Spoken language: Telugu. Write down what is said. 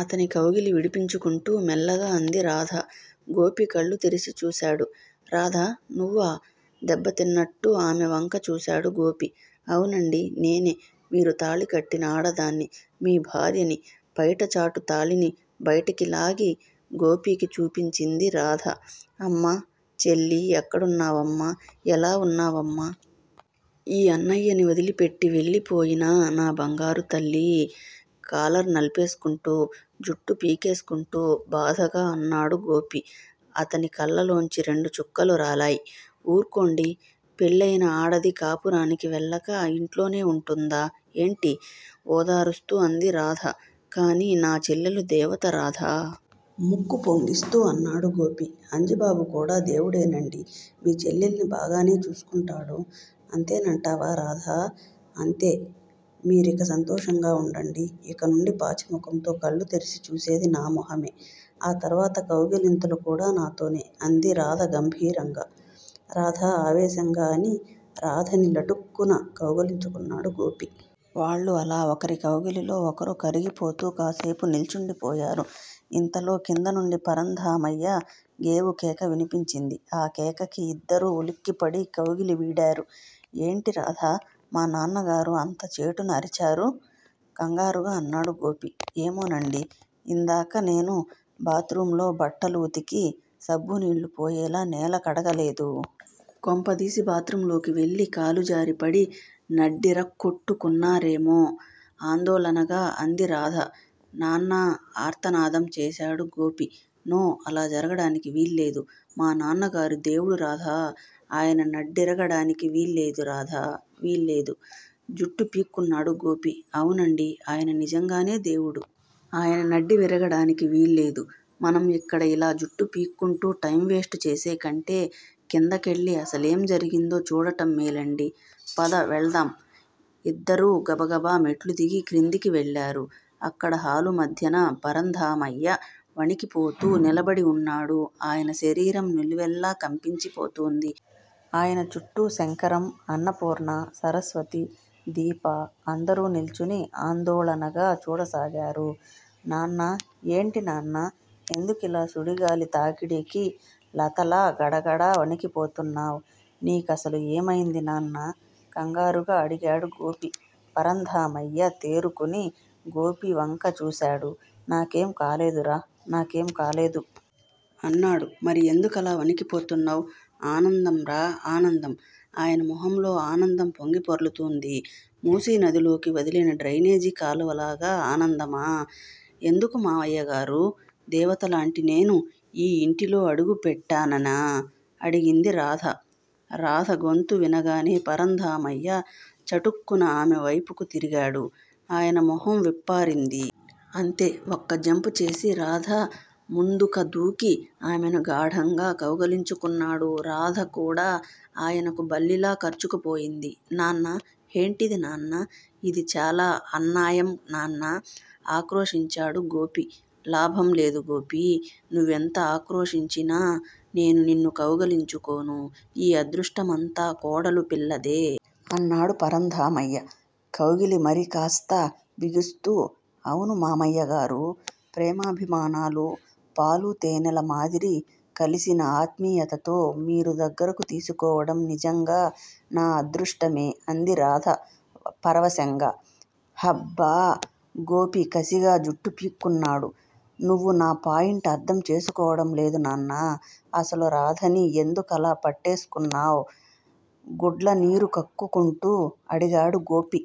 అతని కౌగిలి విడిపించుకుంటూ మెల్లగా అంది రాధ. గోపి కళ్ళుతెరిచి చూశాడు. రాధా! నువ్వా? దెబ్బతిన్నట్టు ఆమెవంక చూశాడు గోపి. అవునండీ. నేనే మీరు తాళికట్టిన ఆడదాన్ని. మీ భార్యని! పైటచాటు తాళిని బయటకిలాగి గోపీకి చూపించింది రాధ. అమ్మా చెల్లీ? ఎక్కడున్నావమ్మా? ఎలా ఉన్నావమ్మా? ఈ అన్నయ్యని వదిలిపెట్టి వెళ్ళిపోయినా నా బంగారుతల్లీ? కాలర్ నలిపేస్కుంటూ జుట్టు పీకేస్కుంటూ బాధగా అన్నాడు గోపీ. అతని కళ్ళలోంచి రెండుచుక్కలు రాలాయ్. ఊర్కోండి. పెళ్ళయిన ఆడది కాపురానికి వెళ్ళక ఇంట్లోనే వుంటుందా ఏంటీ? ఓదారుస్తూ అంది రాధ. కానీ నా చెల్లెలు దేవత రాధా. ముక్కు పొంగిస్తూ అన్నాడు గోపి. అంజిబాబు కూడా దేవుడేనండీ. మీ చెల్లెల్ని బాగానే చూస్కుంటాడు. అంతేనంటావా రాధా? అంతే. మీరిక సంతోషంతో ఉండండి. ఇకనుండి పాచిమొహముతో కళ్ళుతెరిచి చూసేది నా మొహమే. ఆ తర్వాత కౌగిలింతలు కూడా నాతోనే. అంది రాధ గంభీరంగా. రాధా ఆవేశంగా అని రాధని లటుక్కున కౌగిలించుకున్నాడు గోపి. వాళ్ళు అలా ఒకరి కౌగిలిలో ఒకరు కరిగిపోతూ కాసేపు నిల్చుండిపోయారు. ఇంతలో కిందనుండి పరంధామయ్య గేవుకేక వినిపించింది. ఆ కేకకి ఇద్దరూ ఉలిక్కిపడి కౌగిలి వీడారు. ఏంటి రాధా. మా నాన్నగారు అంతచేటున అరిచారు? కంగారుగా అన్నాడు గోపీ. ఏమోనండీ. ఇందాక నేను బాత్రూమ్ లో బట్టలు వుతికి సబ్బునీళ్ళు పోయేలా నేల కడగలేదు. కొంపదీసి బాత్రూంలోకి వెళ్ళి కాలుజారిపడి నడ్డిరక్కొట్టు కున్నారేమో!? ఆందోళనగా అంది రాధ. నాన్నా. ఆర్తనాదం చేశాడు గోపి. నో. అలా జరగడానికి వీల్లేదు. మా నాన్నగారు దేవుడు రాధా. ఆయన నడ్డిరగడానికి వీల్లేదు రాధా వీల్లేదు! జుట్టు పీక్కున్నాడు గోపి. అవునండీ ఆయన నిజంగానే దేవుడు. ఆయన నడ్డి విరగడానికి వీల్లేదు. మనం ఇక్కడ ఇలా జుట్టు పీక్కుంటూ టైంవేస్టు చేసేకంటే కిందకెళ్ళి అసలేం జరిగిందో చూడడం మేలండి. పద. వెళ్దాం. ఇద్దరూ గబగబా మెట్లుదిగి క్రిందికి వెళ్ళారు. అక్కడ హాలుమధ్యన పరంధామయ్య వణికిపోతూ నిలబడి వున్నాడు. ఆయన శరీరం నిలువెల్లా కంపించిపోతూంది. ఆయనచుట్టూ శంకరం, అన్నపూర్ణా, సరస్వతి, దీప అందరూ నిల్చుని ఆందోళనగా చూడసాగారు. నాన్నా. ఏంటి నాన్నా? ఎందుకిలా సుడిగాలి తాకిడికి లతలా గడగడా వణికిపోతున్నావ్? నీ కసలు ఏమైంది నాన్నా? కంగారుగా అడిగాడు గోపి. పరంధామయ్య తేరుకుని గోపివంక చూశాడు. నాకేం కాలేదురా. నాకేం కాలేదు. అన్నాడు. మరి ఎందుకలా వణికిపోతున్నావ్? ఆనందంరా. ఆనందం. ఆయన మొహంలో ఆనందం పొంగిపొర్లుతూంది మూసీనదిలోకి వదిలిన డ్రైనేజి కాలువలాగా. ఆనందమా! ఎందుకు మామయ్యగారూ? దేవతలాంటి నేను ఈ ఇంటిలో అడుగుపెట్టాననా? అడిగింది రాధ. రాధ గొంతు వినగానే పరంధామయ్య చటుక్కున అమెవైపుకు తిరిగాడు. ఆయన మొహం విప్పారింది. అంతే ఒక్క జంప్ చేసి రాధ ముందుకదూకి ఆమెను గాఢంగా కౌగిలించుకున్నాడు. రాధ కూడా ఆయనకు బల్లిలా కర్చుకుపోయింది. నాన్నా. హేన్టిది నాన్నా? ఇది చాలా అన్నాయం నాన్నా. ఆక్రోశించాడు గోపి. లాభం లేదు గోపీ. నువ్వెంత ఆక్రోశించినా నేను నిన్ను కౌగిలించుకోను. ఈ అదృష్టంమంతా కోడలు పిల్లదే. అన్నాడు పరంధామయ్య కౌగిలి మరికాస్త బిగిస్తూ. అవును మామయ్యగారూ. ప్రేమాభిమానాలు పాలూతేనెలమాదిరి కలిసిన ఆత్మీయతతో మీరు దగ్గరకుతీసుకోవడం నిజంగా నా అదృష్టమే అంది రాధ పరవశంగా. హబ్బా! గోపి కసిగా జుట్టు పీక్కున్నాడు. నువ్వు నా పాయింట్ అర్థం చేసుకోవడంలేదు నాన్నా. అసలు రాధని ఎందుకలా పట్టేస్కున్నావ్? గుడ్ల నీరు కక్కుకుంటూ అడిగాడు గోపి.